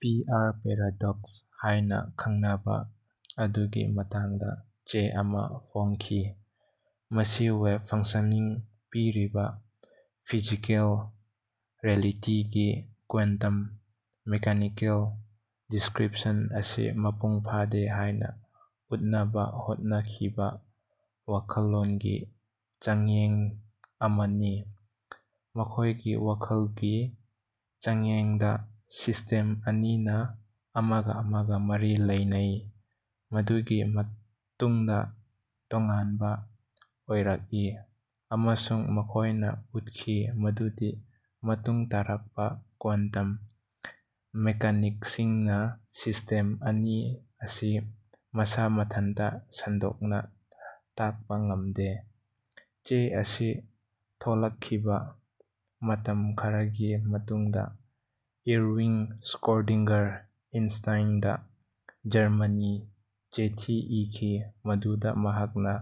ꯄꯤ. R. Paradox ꯍꯥꯏꯅ ꯈꯡꯅꯕ ꯑꯗꯨꯒꯤ ꯃꯇꯥꯡꯗ ꯆꯦ ꯑꯃ ꯐꯣꯡꯈꯤ꯫ ꯃꯁꯤ "ꯋꯦꯕ ꯐꯡꯁꯟꯁꯤꯡꯅ ꯄꯤꯔꯤꯕ ꯐꯤꯖꯤꯀꯦꯜ ꯔꯤꯌꯦꯂꯤꯇꯤꯒꯤ ꯀ꯭ꯋꯥꯟꯇꯝ-ꯃꯦꯀꯥꯅꯤꯀꯦꯜ ꯗꯤꯁꯀ꯭ꯔꯤꯞꯁꯟ ꯑꯁꯤ ꯃꯄꯨꯡ ꯐꯥꯗꯦ" ꯍꯥꯏꯅ ꯎꯠꯅꯕ ꯍꯣꯠꯅꯈꯤꯕ ꯋꯥꯈꯜꯂꯣꯟꯒꯤ ꯆꯥꯡꯌꯦꯡ ꯑꯃꯅꯤ꯫ ꯃꯈꯣꯏꯒꯤ ꯋꯥꯈꯜꯒꯤ ꯆꯥꯡꯌꯦꯡꯗ ꯁꯤꯁꯇꯦꯝ ꯑꯅꯤꯅ ꯑꯃꯒ ꯑꯃꯒ ꯃꯔꯤ ꯂꯩꯅꯩ, ꯃꯗꯨꯒꯤ ꯃꯇꯨꯡꯗ ꯇꯣꯉꯥꯟꯕ ꯑꯣꯏꯔꯛꯏ, ꯑꯃꯁꯨꯡ ꯃꯈꯣꯏꯅ ꯎꯠꯈꯤ ꯃꯗꯨꯗꯤ ꯃꯇꯨꯡ ꯇꯥꯔꯛꯄ ꯀ꯭ꯋꯥꯟꯇꯝ ꯃꯦꯀꯥꯅꯤꯛꯁꯤꯡꯅ ꯁꯤꯁꯇꯦꯝ ꯑꯅꯤ ꯑꯁꯤ ꯃꯁꯥ ꯃꯊꯟꯇ ꯁꯟꯗꯣꯛꯅ ꯇꯥꯛꯄ ꯉꯝꯗꯦ꯫ ꯆꯦ ꯑꯁꯤ ꯊꯣꯛꯂꯛꯈꯤꯕ ꯃꯇꯝ ꯈꯔꯒꯤ ꯃꯇꯨꯡꯗ ꯏꯔꯋꯤꯟ ꯁ꯭ꯔꯣꯗꯤꯡꯒꯔ ꯑꯥꯏꯟꯁꯇꯤꯟꯗ ꯖꯔꯃꯅꯤ ꯆꯤꯊꯤ ꯑꯃ ꯏꯈꯤ ꯃꯗꯨꯗ ꯃꯍꯥꯛꯅ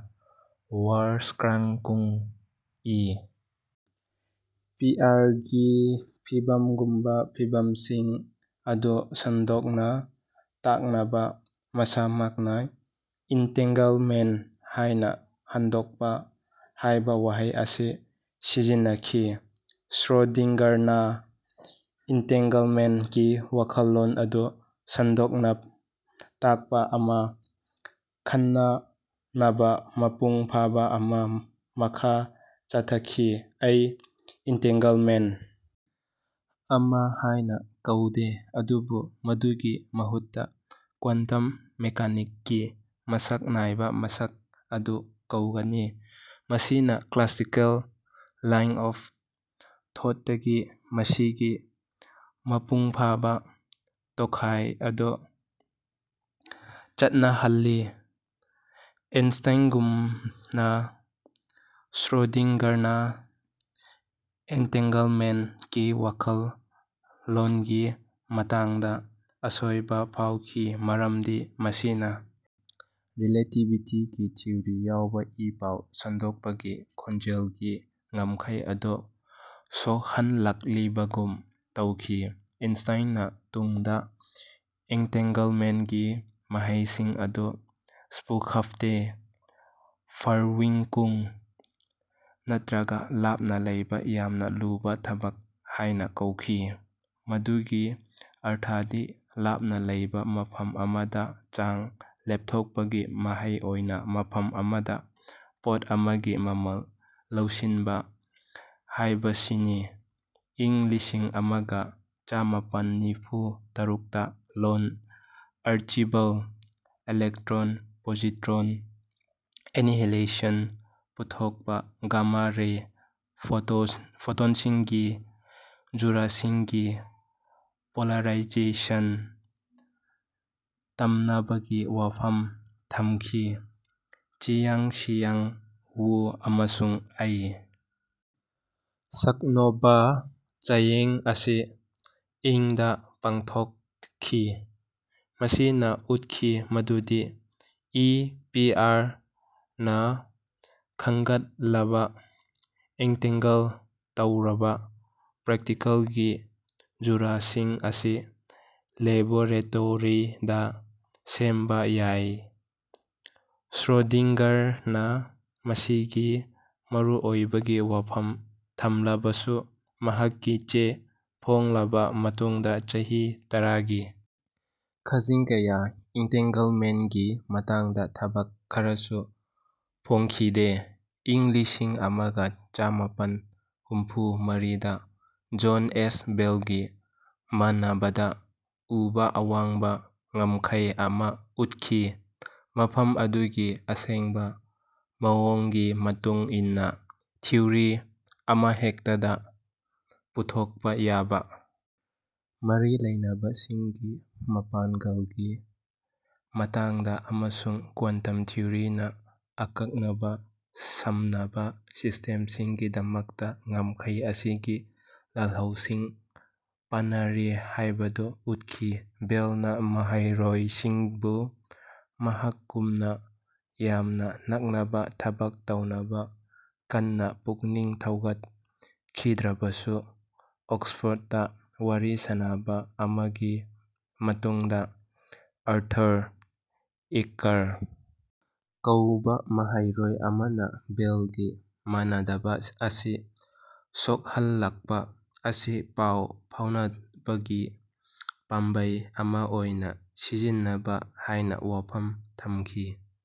ꯋꯔꯁ꯭ꯀ꯭ꯔꯥꯟꯀꯨꯡ (ꯏ. ꯄꯤ. ꯑꯥꯔ. ꯒꯤ ꯐꯤꯚꯝꯒꯨꯝꯕ ꯐꯤꯚꯝꯁꯤꯡ ꯑꯗꯨ ꯁꯟꯗꯣꯛꯅ ꯇꯥꯛꯅꯕ ꯃꯁꯥꯃꯛꯅ ꯏꯟꯇꯦꯡꯒꯜꯃꯦꯟ ꯍꯥꯏꯅ ꯍꯟꯗꯣꯛꯄ) ꯍꯥꯏꯕ ꯋꯥꯍꯩ ꯑꯁꯤ ꯁꯤꯖꯤꯟꯅꯈꯤ꯫ ꯁ꯭ꯔꯣꯗꯤꯟꯒꯔꯅ ꯏꯟꯇꯦꯡꯒꯜꯃꯦꯟ ꯀꯤ ꯋꯥꯈꯜꯂꯣꯟ ꯑꯗꯨ ꯁꯟꯗꯣꯛꯅ ꯇꯥꯛꯄ ꯑꯃ ꯈꯟꯅꯅꯕ ꯃꯄꯨꯡ ꯐꯥꯕ ꯆꯦ ꯑꯃ ꯃꯈꯥ ꯆꯠꯊꯈꯤ, "ꯑꯩ ꯏꯟꯇꯦꯡꯒꯜꯃꯦꯟ ꯑꯃ ꯍꯥꯏꯅ ꯀꯧꯗꯦ ꯑꯗꯨꯕꯨ ꯃꯗꯨꯒꯤ ꯃꯍꯨꯠꯇ ꯀ꯭ꯋꯥꯟꯇꯝ ꯃꯦꯀꯥꯅꯤꯛꯀꯤ ꯃꯁꯛ ꯅꯥꯏꯕ ꯃꯁꯛ ꯑꯗꯨ ꯀꯧꯒꯅꯤ, ꯃꯁꯤꯅ ꯀ꯭ꯂꯥꯁꯤꯀꯦꯜ ꯂꯥꯏꯟ ꯑꯣꯐ ꯊꯣꯠꯇꯒꯤ ꯃꯁꯤꯒꯤ ꯃꯄꯨꯡꯐꯥꯕ ꯇꯣꯈꯥꯏꯕ ꯑꯗꯨ ꯆꯠꯅꯍꯜꯂꯤ꯫" ꯑꯥꯏꯟꯁ꯭ꯇꯤꯟꯒꯨꯝꯅ ꯁ꯭ꯔꯣꯗꯤꯟꯒꯔꯅ ꯑꯦꯟꯇꯦꯡꯒꯜꯃꯦꯟ ꯀꯤ ꯋꯥꯈꯜꯂꯣꯟꯒꯤ ꯃꯇꯥꯡꯗ ꯑꯁꯣꯏꯕ ꯐꯥꯎꯈꯤ ꯃꯔꯝꯗꯤ ꯃꯁꯤꯅ ꯔꯤꯂꯦꯇꯤꯚꯤꯇꯤꯒꯤ ꯊꯤꯑꯣꯔꯤ ꯌꯥꯎꯕ ꯏ-ꯄꯥꯎ ꯁꯟꯗꯣꯛꯄꯒꯤ ꯈꯣꯡꯖꯦꯜꯒꯤ ꯉꯝꯈꯩ ꯑꯗꯨ ꯁꯣꯛꯍꯜꯂꯛꯂꯤꯕꯒꯨꯝ ꯇꯧꯈꯤ꯫ ꯑꯥꯏꯟꯁꯇꯤꯟꯅ ꯇꯨꯡꯗ ꯏꯟꯇꯦꯡꯒꯜꯃꯦꯟ ꯒꯤ ꯃꯍꯩꯁꯤꯡ ꯑꯗꯨ "ꯁ꯭ꯄꯨꯈꯥꯐꯇꯦ ꯐꯔꯟꯋꯤꯔꯀꯨꯡ" ꯅꯠꯇ꯭ꯔꯒ "ꯂꯥꯞꯅ ꯂꯩꯕ ꯌꯥꯝꯅ ꯂꯨꯕ ꯊꯕꯛ" ꯍꯥꯏꯅ ꯀꯧꯈꯤ, ꯃꯗꯨꯒꯤ ꯑꯔꯊꯗꯤ ꯂꯥꯞꯅ ꯂꯩꯕ ꯃꯐꯝ ꯑꯃꯗ ꯆꯥꯡ ꯂꯦꯞꯊꯣꯛꯄꯒꯤ ꯃꯍꯩ ꯑꯣꯏꯅ ꯃꯐꯝ ꯑꯃꯗ ꯄꯣꯠ ꯑꯃꯒꯤ ꯃꯃꯜ ꯂꯧꯁꯤꯟꯕ ꯍꯥꯏꯕꯁꯤꯅꯤ꯫ ꯏꯪ ꯂꯤꯁꯤꯡ ꯑꯃꯒ ꯆꯃꯥꯄꯟ ꯅꯤꯐꯨ ꯇꯔꯨꯛꯇ ꯖꯣꯟ ꯑꯥꯔꯀꯤꯕꯥꯜꯗ ꯏꯂꯦꯛꯇ꯭ꯔꯣꯟ-ꯄꯣꯖꯤꯇ꯭ꯔꯣꯟ ꯑꯦꯅꯤꯍꯤꯂꯦꯁꯟꯅ ꯄꯨꯊꯣꯛꯄ ꯒꯃꯥ-ꯔꯦ ꯐꯣꯇꯣꯟꯁꯤꯡꯒꯤ ꯖꯨꯔꯥꯁꯤꯡꯒꯤ ꯄꯣꯂꯔꯥꯏꯖꯦꯁꯟ ꯇꯝꯅꯕꯒꯤ ꯋꯥꯐꯝ ꯊꯝꯈꯤ꯫ ꯆꯤꯌꯟ-ꯁꯤꯌꯨꯡ ꯋꯨ ꯑꯃꯁꯨꯡ ꯑꯥꯏ. ꯁꯛꯅꯣꯚꯅ ꯆꯥꯡꯌꯦꯡ ꯑꯁꯤ ꯏꯪ ꯗ ꯄꯥꯡꯊꯣꯛꯈꯤ, ꯃꯁꯤꯅ ꯎꯠꯈꯤ ꯃꯗꯨꯗꯤ ꯏ. ꯄꯤ. ꯑꯥꯔ. ꯅ ꯈꯟꯒꯠꯂꯕ ꯑꯦꯟꯇꯦꯡꯒꯜ ꯇꯧꯔꯕ ꯄꯥꯔꯇꯤꯀꯜꯀꯤ ꯖꯨꯔꯥꯁꯤꯡ ꯑꯁꯤ ꯂꯦꯕꯣꯔꯦꯇꯔꯤꯗ ꯁꯦꯝꯕ ꯌꯥꯏ꯫ ꯁ꯭ꯔꯣꯗꯤꯡꯒꯔꯅ ꯃꯁꯤꯒꯤ ꯃꯔꯨꯑꯣꯏꯕꯒꯤ ꯋꯥꯐꯝ ꯊꯝꯂꯕꯁꯨ, ꯃꯍꯥꯛꯀꯤ ꯆꯦ ꯐꯣꯡꯂꯕ ꯃꯇꯨꯡꯗ ꯆꯍꯤ ꯇꯔꯥꯒꯤ ꯈꯨꯖꯤꯡ ꯀꯌꯥ ꯏꯟꯇꯦꯡꯒꯜꯃꯦꯟ ꯀꯤ ꯃꯇꯥꯡꯗ ꯊꯕꯛ ꯈꯔꯁꯨ ꯐꯣꯡꯈꯤꯗꯦ꯫ ꯏꯪ ꯂꯤꯁꯤꯡ ꯑꯃꯒ ꯆꯃꯥꯄꯟ ꯍꯨꯝꯐꯨ ꯃꯔꯤꯗ ꯖꯣꯟ ꯑꯦꯁ ꯕꯦꯜꯒꯤ ꯃꯥꯟꯅꯗꯕ ꯎꯕ ꯑꯋꯥꯡꯕ ꯉꯝꯈꯩ ꯑꯃ ꯎꯠꯈꯤ, ꯃꯐꯝ ꯑꯗꯨꯒꯤ ꯑꯁꯦꯡꯕ ꯃꯑꯣꯡꯒꯤ ꯃꯇꯨꯡ ꯏꯟꯅ ꯊꯤꯑꯣꯔꯤ ꯑꯃꯍꯦꯛꯇꯗ ꯄꯨꯊꯣꯛꯄ ꯌꯥꯕ ꯃꯔꯤ ꯂꯩꯅꯕꯁꯤꯡꯒꯤ ꯃꯄꯥꯡꯒꯜꯒꯤ ꯃꯇꯥꯡꯗ ꯑꯃꯁꯨꯡ ꯀ꯭ꯋꯥꯟꯇꯝ ꯊꯤꯑꯣꯔꯤꯅ ꯑꯀꯛꯅꯕ ꯁꯝꯅꯕ ꯁꯤꯁ꯭ꯇꯦꯝꯁꯤꯡꯒꯤꯗꯃꯛꯇ ꯉꯝꯈꯩ ꯑꯁꯤꯒꯤ ꯂꯥꯜꯍꯧꯁꯤꯡ ꯄꯥꯅꯔꯤ ꯍꯥꯏꯕꯗꯨ ꯎꯠꯈꯤ꯫ ꯕꯦꯜꯅ ꯃꯍꯩꯔꯣꯏꯁꯤꯡꯕꯨ ꯃꯍꯥꯛꯀꯨꯝꯅ ꯌꯥꯝꯅ ꯅꯛꯅꯕ ꯊꯕꯛ ꯇꯧꯅꯕ ꯀꯟꯅ ꯄꯨꯛꯅꯤꯡ ꯊꯧꯒꯠꯈꯤꯗ꯭ꯔꯕꯁꯨ ꯑꯣꯛꯁꯐꯣꯔ꯭ꯗꯇ ꯋꯥꯔꯤ ꯁꯥꯅꯕ ꯑꯃꯒꯤ ꯃꯇꯨꯡꯗ ꯑꯥꯔꯇꯨꯔ ꯑꯦꯀꯔ꯭ꯠ ꯀꯧꯕ ꯃꯍꯩꯔꯣꯏ ꯑꯃꯅ ꯕꯦꯜꯒꯤ ꯃꯥꯟꯅꯗꯕ ꯑꯁꯤ ꯁꯣꯛꯍꯜꯂꯛꯄ ꯑꯁꯤ ꯄꯥꯎ ꯐꯥꯎꯅꯕꯒꯤ ꯄꯥꯝꯕꯩ ꯑꯃ ꯑꯣꯏꯅ ꯁꯤꯖꯤꯟꯅꯕ ꯌꯥꯏ ꯍꯥꯏꯅ ꯋꯥꯐꯝ ꯊꯝꯈꯤ꯫